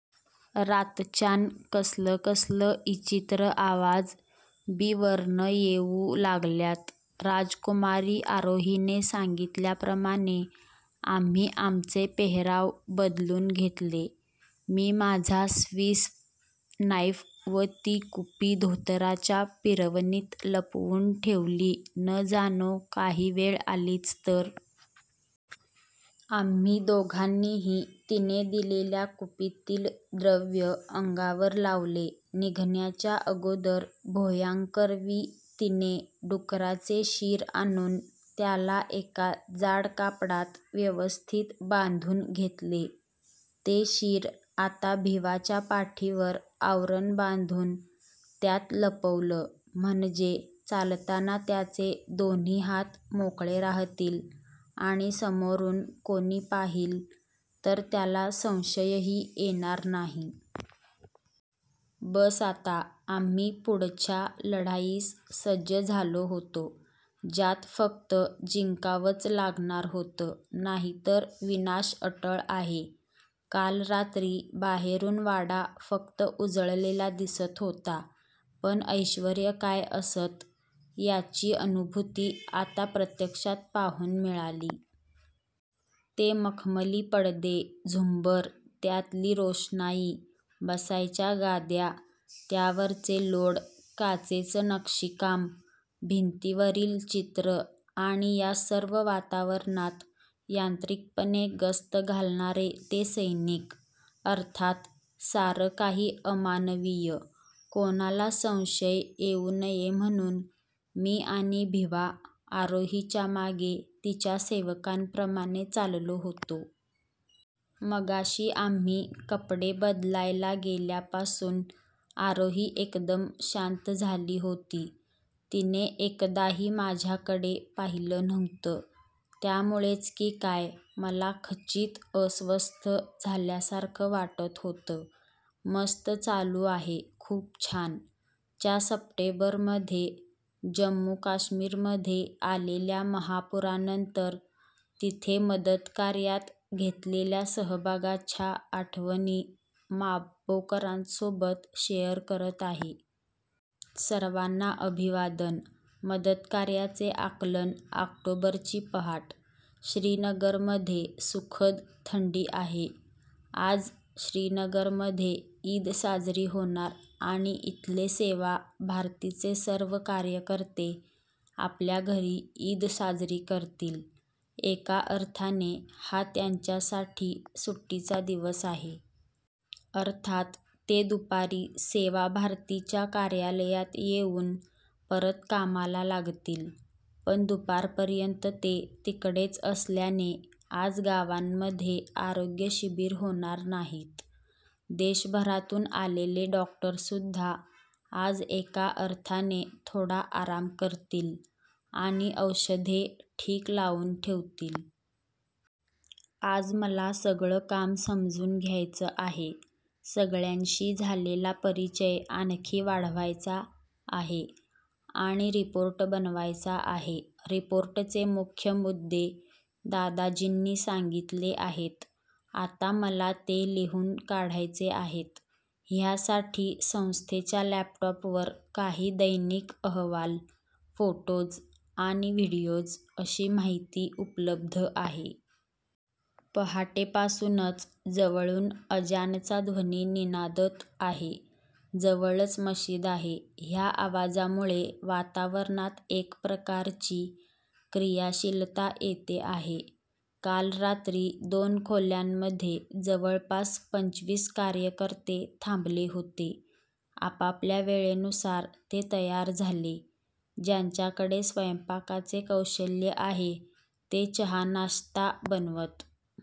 रातच्यान कसल कसल इचित्र आवाज बी वरन येऊ लागल्यात. "राजकुमारी आरोहीने सांगितल्याप्रमाणे आम्ही आमचे पेहराव बदलुन घेतले. मी माझा स्वीस नाईफ व ती कुपी धोतराच्या पिरवणीत लपवुन ठेवली न जानो काही वेळ आलीच तर. आम्ही दोघांनीही तिने दिलेल्या कुपीतील द्रव्य अंगावर लावले. निघण्याच्या अगोदर भोयांकरवी तिने डुकराचे शीर आणुन त्याला एका जाड कापडात व्यवस्थित बांधुन घेतले. ते शीर आता भिवाच्या पाठीवर आवरण बांधुन त्यात लपवल. म्हणजे चालताना त्याचे दोन्ही हात मोकळे राहतील आणि समोरुन कोनी पाहील तर त्याला संशय ही येणार नाही. बस आता आम्ही पुढच्या लढाईस सज्ज झालो होतो ज्यात फक्त जिंकावच लागणार होतं नाहीतर विनाश अटळ आहे. काल रात्री बाहेरुन वाडा फक्त उजळलेला दिसत होता. पण ऐश्वर्य काय असत याची अनुभुती आता प्रत्यक्षात पाहुन मिळाली. ते मखमली पडदे, झुंबर, त्यातली रोशनाई, बसायच्या गाद्या त्यावरचे लोड, काचेच नक्षीकाम, भिंतीवरील चित्र आणि या सर्व वातावरणात यांत्रिकपणे गस्त घालणारे ते सैनिक. अर्थात सार काही अमानवीय. कोणाला संशय येऊ नये म्हणुन मी आणि भिवा आरोहीच्या मागे तिच्या सेवकांप्रमाणे चाललो होतो. मगाशी आम्ही कपडे बदलायला गेल्यापासुन आरोही एकदम शांत झाली होती. तिने एकदाही माझ्याकडे पाहील नव्हतं त्यामुळेच कि काय मला खचित अस्वस्थ झाल्यासारख वाटत होतं. मस्त चालू आहेखुप छान. च्या सप्टेंबरमध्ये जम्मू- कश्मीरमध्ये आलेल्या महापूरानंतर तिथे मदतकार्यात घेतलेल्या सहभागाच्या आठवणी माबोकरांसोबत शेअर करत आहे. सर्वांना अभिवादन! मदतकार्याचे आकलन ऑक्टोबरची पहाट! श्रीनगरमध्ये सुखद थंडी आहे. आज श्रीनगरमध्ये ईद साजरी होणार आणि इथले सेवा भारतीचे सर्व कार्यकर्ते आपल्या घरी ईद साजरी करतील. एका अर्थाने हा त्यांच्यासाठी सुट्टीचा दिवस आहे. अर्थात् ते दुपारी सेवा भारतीच्या कार्यालयात येऊन परत कामाला लागतील. पण दुपारपर्यंत ते तिकडेच असल्याने आज गावांमध्ये आरोग्य शिबिर होणार नाहीत. देशभरातून आलेले डॉक्टरसुद्धा आज एका अर्थाने थोडा आराम करतील आणि औषधे ठीक लावून ठेवतील. आज मला सगळं काम समजून घ्यायचं आहे; सगळ्यांशी झालेला परिचय आणखी वाढवायचा आहे आणि रिपोर्ट बनवायचा आहे. रिपोर्टचे मुख्य मुद्दे दादाजींनी सांगितले आहेत. आता मला ते लिहून काढायचे आहेत. ह्यासाठी संस्थेच्या लॅपटॉपवर काही दैनिक अहवाल, फोटोज आणि व्हिडिओज अशी माहिती उपलब्ध आहे. पहाटेपासूनच जवळून अजानचा ध्वनी निनादत आहे. जवळच मशीद आहे. ह्या आवाजामुळे वातावरणात एक प्रकारची क्रियाशीलता येते आहे. काल रात्री दोन खोल्यांमध्ये जवळपास पंचवीस कार्यकर्ते थांबले होते. आपापल्या वेळेनुसार ते तयार झाले. ज्यांच्याकडे स्वयंपाकाचे कौशल्य आहे, ते चहा- नाश्ता बनवत